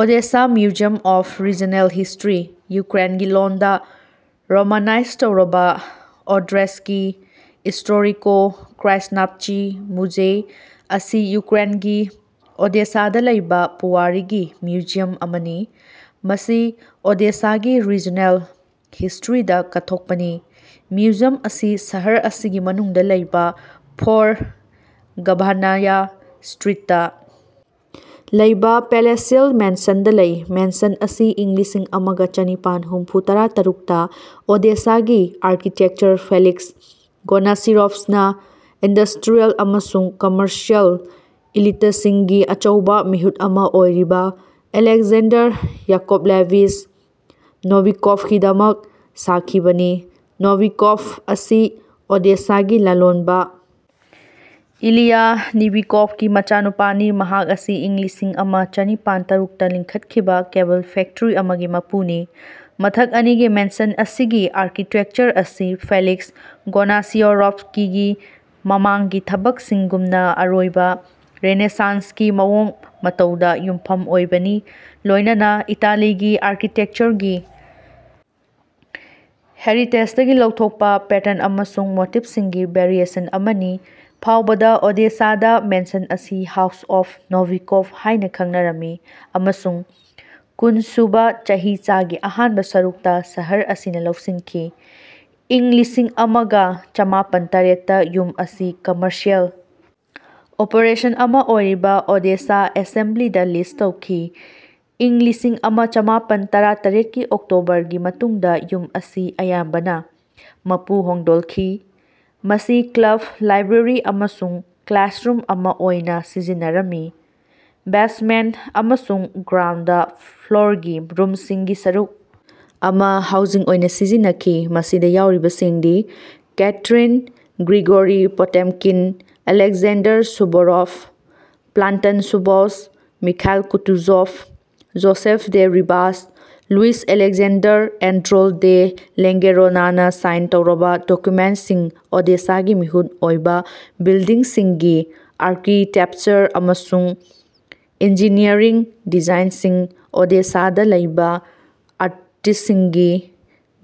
Odessa museum of regional history (ꯌꯨꯀ꯭ꯔꯦꯟꯒꯤ ꯂꯣꯟꯗꯥ romanise ꯇꯧꯔꯕꯥ: ꯑꯣꯗꯦꯁ꯭ꯀꯤ ꯏꯁ꯭ꯇꯣꯔꯤꯀꯣ-ꯀ꯭ꯔꯥꯏꯖꯅꯥꯚꯆꯤ ꯃꯨꯖꯦꯏ) ꯑꯁꯤ ꯌꯨꯀ꯭ꯔꯦꯟꯒꯤ ꯑꯣꯗꯦꯁꯥꯗꯥ ꯂꯩꯕꯥ ꯄꯨꯋꯥꯔꯤꯒꯤ ꯃ꯭ꯌꯨꯖꯤꯌꯝ ꯑꯃꯅꯤ꯫ ꯃꯁꯤ ꯑꯣꯗꯦꯁꯥꯒꯤ ꯔꯤꯖꯅꯦꯜ ꯍꯤꯁ꯭ꯇꯔꯤꯗꯥ ꯀꯠꯊꯣꯛꯄꯅꯤ꯫ ꯃ꯭ꯌꯨꯖꯤꯌꯝ ꯑꯁꯤ ꯁꯍꯔ ꯑꯁꯤꯒꯤ ꯃꯅꯨꯡꯗꯥ ꯂꯩꯕꯥ, ꯐꯣꯔ ꯒꯚꯥꯅꯥꯌꯥ ꯁ꯭ꯇꯔꯤꯠꯇꯥ ꯂꯩꯕꯥ ꯄꯦꯂꯦꯁꯤꯑꯦꯜ ꯃꯦꯟꯁꯟꯗꯥ ꯂꯩ꯫ ꯃꯦꯟꯁꯟ ꯑꯁꯤ ꯏꯪ ꯂꯤꯁꯤꯡ ꯑꯃ ꯒ ꯆꯅꯤꯄꯥꯟ ꯍꯨꯝꯐꯨꯇꯔꯥ ꯇꯔꯨꯛꯇꯥ ꯑꯣꯗꯦꯁꯥꯒꯤ ꯑꯥꯔꯀꯤꯇꯦꯛꯆꯔ ꯐꯦꯂꯤꯛꯁ ꯒꯣꯅꯁꯤꯔꯣꯚꯁ꯭ꯀꯤꯅꯥ ꯏꯟꯗꯁ꯭ꯇꯔꯤꯌꯦꯜ ꯑꯃꯁꯨꯡ ꯀꯝꯃꯔꯁꯤꯑꯦꯜ ꯏꯂꯤꯇꯁꯤꯡꯒꯤ ꯑꯆꯧꯕꯥ ꯃꯤꯍꯨꯠ ꯑꯃꯥ ꯑꯣꯏꯔꯤꯕꯥ ꯑꯂꯦꯛꯖꯦꯟꯗꯔ ꯌꯥꯀꯣꯚꯂꯦꯚꯤꯆ ꯅꯣꯚꯤꯀꯣꯚꯒꯤꯗꯃꯛ ꯁꯥꯈꯤꯕꯅꯤ꯫ ꯅꯣꯚꯤꯀꯣꯚ ꯑꯁꯤ ꯑꯣꯗꯦꯁꯥꯒꯤ ꯂꯂꯣꯟꯕꯥ ꯏꯂꯤꯌꯥ ꯅꯣꯚꯤꯀꯣꯚꯀꯤ ꯃꯆꯥꯅꯨꯄꯥꯅꯤ, ꯃꯍꯥꯛ ꯑꯁꯤ ꯏꯪ ꯂꯤꯁꯤꯡ ꯑꯃ ꯆꯅꯤꯄꯥꯟ ꯇꯔꯨꯛꯇꯥ ꯂꯤꯡꯈꯠꯈꯤꯕꯥ ꯀꯦꯕꯜ ꯐꯦꯛꯇ꯭ꯔꯤ ꯑꯃꯒꯤ ꯃꯄꯨꯅꯤ꯫ꯃꯊꯛ ꯑꯅꯤꯒꯤ ꯃꯦꯟꯁꯟ ꯑꯁꯤꯒꯤ ꯑꯥꯔꯀꯤꯇꯦꯀꯆꯔ ꯑꯁꯤ ꯐꯦꯂꯤꯛꯁ ꯒꯣꯅꯁꯤꯑꯣꯔꯣꯚꯁ꯭ꯀꯤꯒꯤ ꯃꯃꯥꯡꯒꯤ ꯊꯕꯛꯁꯤꯡꯒꯨꯝꯅꯥ, ꯑꯔꯣꯏꯕꯥ ꯔꯦꯅꯦꯁꯥꯟꯁꯀꯤ ꯃꯑꯣꯡ ꯃꯇꯧꯗꯥ ꯌꯨꯝꯐꯝ ꯑꯣꯏꯕꯅꯤ, ꯂꯣꯢꯅꯅ ꯏꯇꯥꯂꯤꯒꯤ ꯑꯥꯔꯀꯤꯇꯦꯛꯆꯔꯒꯤ ꯍꯦꯔꯤꯇꯦꯖꯗꯒꯤ ꯂꯧꯊꯣꯛꯄ ꯄꯦꯇ꯭ꯔꯟ ꯑꯃꯁꯨꯡ ꯃꯣꯇꯤꯐꯁꯤꯡꯒꯤ ꯚꯦꯔꯤꯑꯦꯁꯟ ꯑꯃꯥꯅꯤ꯫ ꯐꯥꯎꯕꯗꯥ ꯑꯣꯗꯦꯁꯥꯗꯥ ꯃꯦꯟꯁꯟ ꯑꯁꯤ "ꯍꯥꯎꯁ ꯑꯣꯐ ꯅꯣꯚꯤꯀꯣꯚ" ꯍꯥꯢꯅ ꯈꯪꯅꯔꯝꯃꯤ, ꯑꯃꯁꯨꯡ ꯀꯨꯟꯁꯨꯕꯥ ꯆꯍꯤꯆꯥꯒꯤ ꯑꯍꯥꯟꯕ ꯁꯔꯨꯛꯇꯥ ꯁꯍꯔ ꯑꯁꯤꯅꯥ ꯂꯧꯁꯤꯟꯈꯤ꯫ ꯏꯪ ꯂꯤꯁꯤꯡ ꯑꯃ ꯒ ꯆꯃꯥꯄꯟ ꯇꯔꯦꯠꯇꯥ ꯌꯨꯝ ꯑꯁꯤ ꯀꯝꯃꯔꯁꯤꯑꯦꯜ ꯑꯣꯄꯔꯦꯁꯟ ꯑꯃꯥ ꯑꯣꯏꯔꯤꯕ ꯑꯣꯗꯦꯁꯥ ꯑꯦꯁꯦꯝꯕꯂꯤꯗꯥ ꯂꯤꯖ ꯇꯧꯈꯤ꯫ ꯏꯪ ꯂꯤꯁꯤꯡ ꯑꯃ ꯆꯃꯥꯄꯟ ꯇꯔꯥꯇꯔꯦꯠꯀꯤ ꯑꯣꯛꯇꯣꯕꯔꯒꯤ ꯃꯇꯨꯡꯗꯥ ꯌꯨꯝ ꯑꯁꯤ ꯑꯌꯥꯝꯕꯅꯥ ꯃꯄꯨ ꯍꯣꯡꯗꯣꯜꯈꯤ꯫ ꯃꯁꯤ ꯀ꯭ꯂꯕ, ꯂꯥꯏꯕ꯭ꯔꯦꯔꯤ ꯑꯃꯁꯨꯡ ꯀ꯭ꯂꯥꯁꯔꯨꯝ ꯑꯃꯥ ꯑꯣꯏꯅꯥ ꯁꯤꯖꯤꯟꯅꯔꯝꯃꯤ꯫ ꯕꯦꯖꯃꯦꯟꯇ ꯑꯃꯁꯨꯡ ꯒ꯭ꯔꯥꯎꯟꯗ ꯐ꯭ꯂꯣꯔꯒꯤ ꯔꯨꯝꯁꯤꯡꯒꯤ ꯁꯔꯨꯛ ꯑꯃꯥ ꯍꯥꯎꯖꯤꯡ ꯑꯣꯏꯅꯥ ꯁꯤꯖꯤꯟꯅꯈꯤ꯫ ꯃꯁꯤꯗꯥ ꯌꯥꯎꯔꯤꯕꯁꯤꯡꯗꯤ: Catherine, Grigory Potemkin, Alexander Suvorov, Platon Zubov, Mikhail Kutuzov, Joseph de Ribas, Louis Alexander Andrault de ꯂꯦꯡꯒꯦꯔꯣꯅꯅꯥ ꯁꯥꯏꯟ ꯇꯧꯔꯕꯥ ꯗꯣꯀꯨꯃꯦꯟꯇꯁꯤꯡ ꯑꯣꯗꯦꯁꯥꯒꯤ ꯃꯤꯍꯨꯠ ꯑꯣꯏꯕꯥ ꯕꯤꯜꯗꯤꯡꯁꯤꯡꯒꯤ ꯑꯥꯔꯀꯤꯇꯦꯚꯆꯔ ꯑꯃꯁꯨꯡ ꯏꯟꯖꯤꯅꯤꯌ꯭ꯔꯤꯡ ꯗꯤꯖꯥꯏꯅꯁꯤꯡ; ꯑꯣꯗꯦꯁꯥꯗꯥ ꯂꯩꯕꯥ ꯑꯥꯔꯇꯤꯁ꯭ꯇꯁꯤꯡꯒꯤ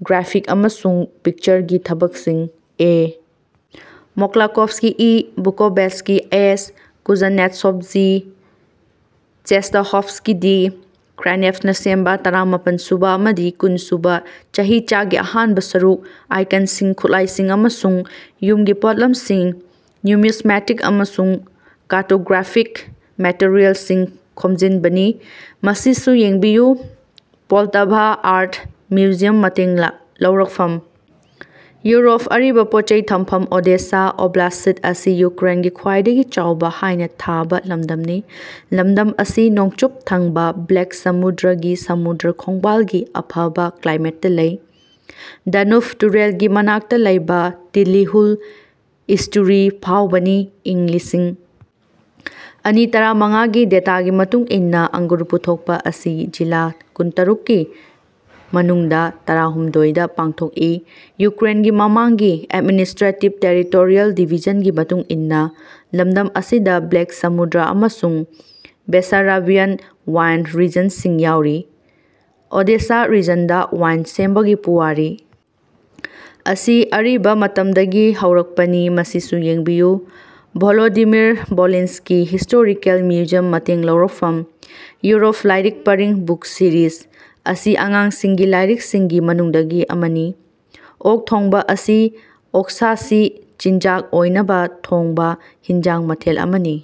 ꯒ꯭ꯔꯥꯐꯤꯛ ꯑꯃꯁꯨꯡ ꯄꯤꯛꯆꯔꯒꯤ ꯊꯕꯛꯁꯤꯡ; A. Moklakovsky, E. Bukovetsky, H. Kuznetsov, G. Chestakhovsky, D. ꯀ꯭ꯔꯥꯏꯅꯦꯚꯅꯥ ꯁꯦꯝꯕꯥ ꯇꯔꯥꯃꯄꯟꯁꯨꯕꯥ ꯑꯃꯗꯤ ꯀꯨꯟꯁꯨꯕꯥ ꯆꯍꯤꯆꯥꯒꯤ ꯑꯍꯥꯟꯕ ꯁꯔꯨꯛ; ꯑꯥꯏꯀꯟꯁꯤꯡ, ꯈꯨꯠꯂꯥꯏꯁꯤꯡ ꯑꯃꯁꯨꯡ ꯌꯨꯝꯒꯤ ꯄꯣꯠꯂꯝꯁꯤꯡ, ꯅ꯭ꯌꯨꯃꯤꯖꯃꯦꯇꯤꯛ ꯑꯃꯁꯨꯡ ꯀꯥꯔꯇꯣꯒ꯭ꯔꯥꯐꯤꯛ ꯃꯦꯇꯔꯤꯑꯦꯜꯁꯤꯡ ꯈꯣꯝꯖꯤꯟꯕꯅꯤ꯫ ꯃꯁꯤꯁꯨ ꯌꯦꯡꯕꯤꯌꯨ ꯄꯣꯜꯇꯥꯚꯥ ꯑꯥꯔ꯭ꯠ ꯃ꯭ꯌꯨꯖꯤꯌꯝ ꯃꯇꯦꯡꯅ ꯂꯧꯔꯛꯐꯝ ꯌꯨꯔꯣꯞ ꯑꯔꯤꯕ ꯄꯣꯠꯆꯩ ꯊꯝꯐꯝ ꯑꯣꯗꯦꯁꯥ ꯑꯣꯕ꯭ꯂꯥꯁ꯭ꯠ ꯑꯁꯤ ꯌꯨꯀ꯭ꯔꯦꯟꯒꯤ ꯈ꯭ꯋꯥꯏꯗꯒꯤ ꯆꯥꯎꯕꯥ ꯍꯥꯏꯅ ꯊꯥꯕ ꯂꯝꯗꯝꯅꯤ꯫ ꯂꯃꯗꯝ ꯑꯁꯤ ꯅꯣꯡꯆꯨꯞ ꯊꯪꯕꯥ ꯕ꯭ꯂꯦꯛ ꯁꯃꯨꯗ꯭ꯔꯒꯤ ꯁꯃꯨꯗ꯭ꯔ ꯈꯣꯡꯕꯥꯜꯒꯤ ꯑꯐꯕꯥ ꯀ꯭ꯂꯥꯏꯃꯦꯠꯇꯥ ꯂꯩ, ꯗꯅꯨꯕ ꯇꯨꯔꯦꯜꯒꯤ ꯃꯅꯥꯛꯇꯥ ꯂꯩꯕꯥ ꯇꯤꯂꯤꯍꯨꯜ ꯏꯁ꯭ꯇꯨꯔꯤ ꯐꯥꯎꯕꯅꯤ꯫ ꯏꯪ ꯂꯤꯁꯤꯡ ꯑꯅꯤ ꯇꯔꯥꯃꯉꯥꯒꯤ ꯗꯦꯇꯥꯒꯤ ꯃꯇꯨꯡ ꯏꯟꯅꯥ, ꯑꯡꯒꯨꯔ ꯄꯨꯊꯣꯛꯄ ꯑꯁꯤ ꯖꯤꯂꯥ ꯀꯨꯟꯇꯔꯨꯛꯀꯤ ꯃꯅꯨꯡꯗꯥ ꯇꯔꯥꯍꯨꯝꯗꯣꯏꯗꯥ ꯄꯥꯡꯊꯣꯛꯏ (ꯌꯨꯀ꯭ꯔꯦꯟꯒꯤ ꯃꯃꯥꯡꯒꯤ ꯑꯦꯗꯃꯤꯅꯤꯁ꯭ꯠꯔꯦꯇꯤꯕ-ꯇꯦꯔꯤꯇꯣꯔꯤꯌꯜ ꯗꯤꯕꯤꯖꯟꯒꯤ ꯃꯇꯨꯡ ꯏꯟꯅꯥ) ꯂꯝꯗꯝ ꯑꯁꯤꯗꯥ ꯕ꯭ꯂꯦꯛ ꯁꯃꯨꯗ꯭ꯔ ꯑꯃꯁꯨꯡ ꯕꯦꯁꯥꯔꯥꯕꯤꯌꯥꯟ ꯋꯥꯏꯟ ꯔꯤꯖꯟꯁꯤꯡ ꯌꯥꯎꯔꯤ꯫ ꯑꯣꯗꯦꯁꯥ ꯔꯤꯖꯟꯗꯥ ꯋꯥꯏꯟ ꯁꯦꯝꯕꯒꯤ ꯄꯨꯋꯥꯔꯤ ꯑꯁꯤ ꯑꯔꯤꯕꯥ ꯃꯇꯝꯗꯒꯤ ꯍꯧꯔꯛꯄꯅꯤ꯫ ꯃꯁꯤꯁꯨ ꯌꯦꯡꯕꯤꯌꯨ ꯚꯣꯂꯣꯗꯤꯃꯤꯔ-ꯚꯣꯂꯤꯟꯁ꯭ꯀꯤ ꯍꯤꯁ꯭ꯇꯣꯔꯤꯀꯦꯜ ꯃ꯭ꯌꯨꯖꯤꯌꯝ ꯃꯇꯦꯡ ꯂꯧꯔꯛꯐꯝ :ꯌꯨꯔꯣꯞ ꯂꯥꯢꯔꯤꯛ ꯄꯔꯤꯡ (ꯕꯨꯛ ꯁꯤꯔꯤꯁ) ꯑꯁꯤ ꯑꯉꯥꯡꯁꯤꯡꯒꯤ ꯂꯥꯢꯔꯤꯛꯁꯤꯡꯒꯤ ꯃꯅꯨꯡꯗꯒꯤ ꯑꯃꯅꯤ꯫ "ꯑꯣꯛ ꯊꯣꯡꯕ" ꯑꯁꯤ ꯑꯣꯛꯁꯥꯁꯤ ꯆꯤꯟꯖꯥꯛ ꯑꯣꯢꯅꯕ ꯊꯣꯡꯕ ꯍꯤꯟꯖꯥꯡ ꯃꯊꯦꯜ ꯑꯃꯅꯤ꯫